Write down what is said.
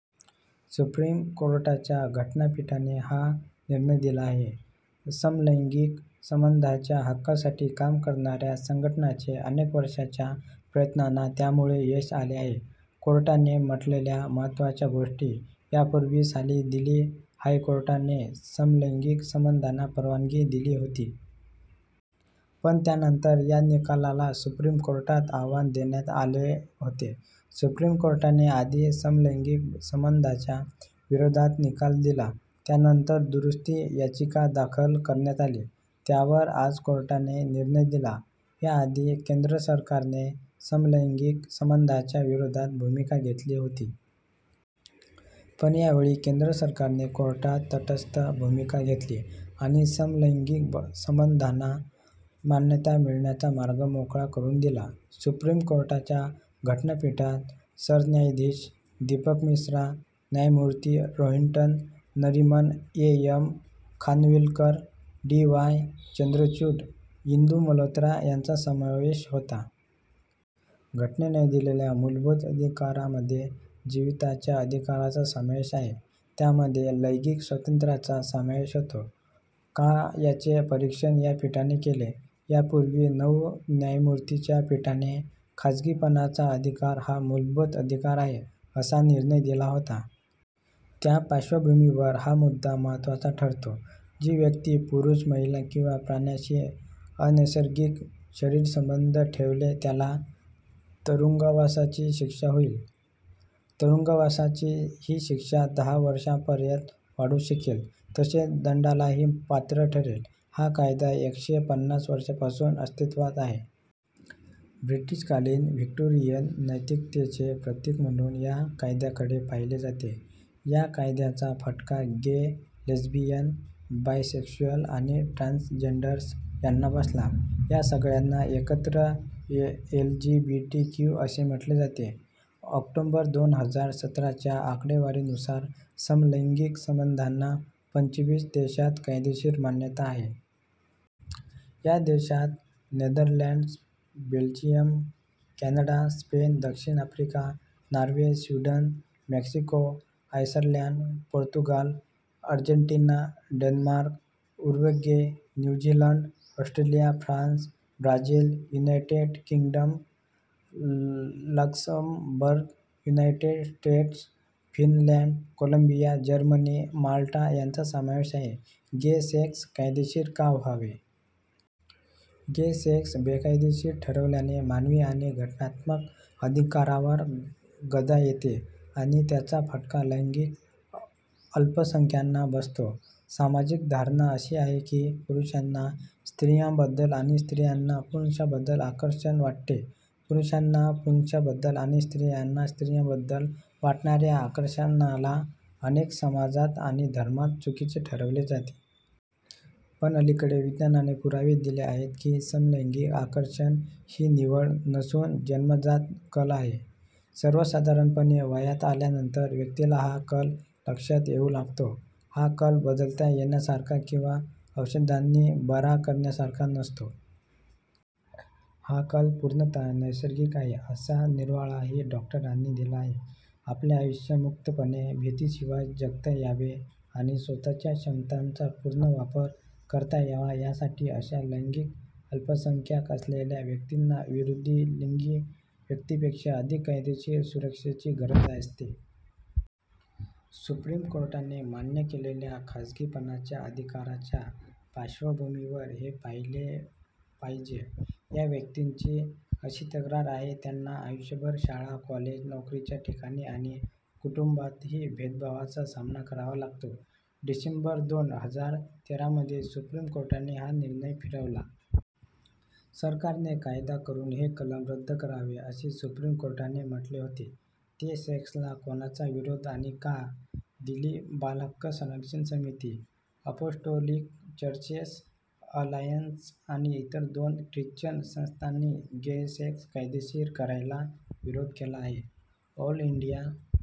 Supreme कोर्टाच्या घटनापीठाने हा निर्णय दिला आहे. समलैंगिक संबंधांच्या हक्कासाठी काम करणाऱ्या संघटनांचे अनेक वर्षांच्या प्रयत्नांना त्यामुळे यश आले आहे. कोर्टाने म्हटलेल्या महत्त्वाच्या गोष्टी: यापूर्वी साली दिल्ली हायकोर्टाने समलैंगिक संबंधांना परवानगी दिली होती. पण त्यानंतर या निकालाला सुप्रीम कोर्टात आव्हान देण्यात आले होते. सुप्रीम कोर्टाने आधी समलैंगिक संबंधांच्या विरोधात निकाल दिला. त्यानंतर दुरुस्ती याचिका दाखल करण्यात आली. त्यावर आज कोर्टाने निर्णय दिला. याआधी केंद्र सरकारने समलैंगिक संबंधांच्या विरोधात भूमिका घेतली होती. पण यावेळी केंद्र सरकारने कोर्टात तटस्थ भूमिका घेतली आणि समलैंगिक संबंधांना मान्यता मिळण्याचा मार्ग मोकळा करून दिला. सुप्रीम कोर्टाच्या घटनापीठात सरन्यायाधीश दीपक मिश्रा, न्यायमूर्ती Rohinton Nariman, A. M. Khanwilkar, D. Y. Chandrachud, Indu Malhotra यांचा समावेश आहे. घटनेने दिलेल्या मूलभूत अधिकारांमध्ये जीविताच्या अधिकाराचा समावेश आहे. त्यामध्ये लैंगिक स्वातंत्र्याचा समावेश होतो का याचे परीक्षण या पीठाने केले. यापूर्वी नऊ न्यायमूर्तींच्या पीठाने खासगीपणाचा अधिकार हा मूलभूत अधिकार आहे, असा निर्णय दिला होता. त्या पार्श्वभूमीवर हा मुद्दा महत्त्वाचा ठरतो. जी व्यक्ती पुरुष, महिला किंवा प्राण्याशी अनैसर्गिक शरीरसंबंध ठेवेल त्याला तुरुंगवासाची शिक्षा होईल. तुरुंगवासाची ही शिक्षा दहा वर्षांपर्यंत वाढू शकेल, तसेच दंडालाही पात्र ठरेल. हा कायदा एकशे पन्नास वर्षांपासून अस्तित्वात आहे. ब्रिटिशकालीन व्हिक्टोरियन नैतिकतेचे प्रतीक म्हणून या कायद्याकडे पाहिले जाते. या कायद्याचा फटका गे, लेस्बियन, बायसेक्शुअल आणि ट्रान्सजेंडर्स यांना बसला. या सगळ्यांना एकत्र एलजीबीटीक्यू असे म्हटले जाते. ऑक्टोबर दोन हजार सत्राच्या आकडेवारीनुसार समलैंगिक संबंधांना पंचवीस देशांत कायदेशीर मान्यता आहे. या देशांत नेदरलँड्स, बेल्जियम, कॅनडा, स्पेन, दक्षिण Africa, Norway, Sweden, Mexico, Iceland, Portugal, Argentina, Denmark, Uruguay, New Zealand, Australia, France, Brazil, United Kingdom, Luxembourg, United States, Finland, Colombia, Germany, Malta यांचा समावेश आहे. गे सेक्स कायदेशीर का व्हावे? गे सेक्स बेकायदेशीर ठरवल्याने मानवी आणि घटनात्मक अधिकारांवर गदा येते आणि त्याचा फटका लैंगिक अल्पसंख्याकांना बसतो. सामाजिक धारणा अशी आहे की पुरुषांना स्त्रियांबद्दल आणि स्त्रियांना पुरुषांबद्दल आकर्षण वाटते. पुरुषांना पुरुषांबद्दल आणि स्त्रियांना स्त्रियांबद्दल वाटणाऱ्या आकर्षणाला अनेक समाजांत आणि धर्मांत चुकीचे ठरवले जाते. पण अलीकडे विज्ञानाने पुरावे दिले आहेत की समलैंगिक आकर्षण ही निवड नसून जन्मजात कल आहे. सर्वसाधारणपणे वयात आल्यानंतर व्यक्तीला हा कल लक्षात येऊ लागतो. हा कल बदलता येण्यासारखा किंवा औषधांनी 'बरा' करण्यासारखा नसतो. हा कल पूर्णतः नैसर्गिक आहे, असा निर्वाळाही डॉक्टरांनी दिला आहे. आपले आयुष्य मुक्तपणे, भीतीशिवाय जगता यावे आणि स्वतःच्या क्षमतांचा पूर्ण वापर करता यावा यासाठी अशा लैंगिक अल्पसंख्याक असलेल्या व्यक्तींना विरुद्धलिंगी व्यक्तींपेक्षा अधिक कायदेशीर सुरक्षेची गरज असते. सुप्रीम कोर्टाने मान्य केलेल्या खासगीपणाच्या अधिकाराच्या पार्श्वभूमीवर हे पाहिले पाहिजे. या व्यक्तींची अशी तक्रार आहे त्यांना आयुष्यभर शाळा, कॉलेज, नोकरीच्या ठिकाणी आणि कुटुंबातही भेदभावाचा सामना करावा लागतो. डिसेंबर दोन हजार तेरामध्ये सुप्रीम कोर्टाने हा निर्णय फिरवला. सरकारने कायदा करून हे कलम रद्द करावे, असे सुप्रीम कोर्टाने म्हटले होते. गे-सेक्सला कोणाचा विरोध आणि का? दिल्ली बालहक्क संरक्षण समिती, अपोस्टोलिक चर्चेस अलायन्स आणि इतर दोन ख्रिश्चन संस्थांनी गे सेक्स कायदेशीर करायला विरोध केला आहे. All India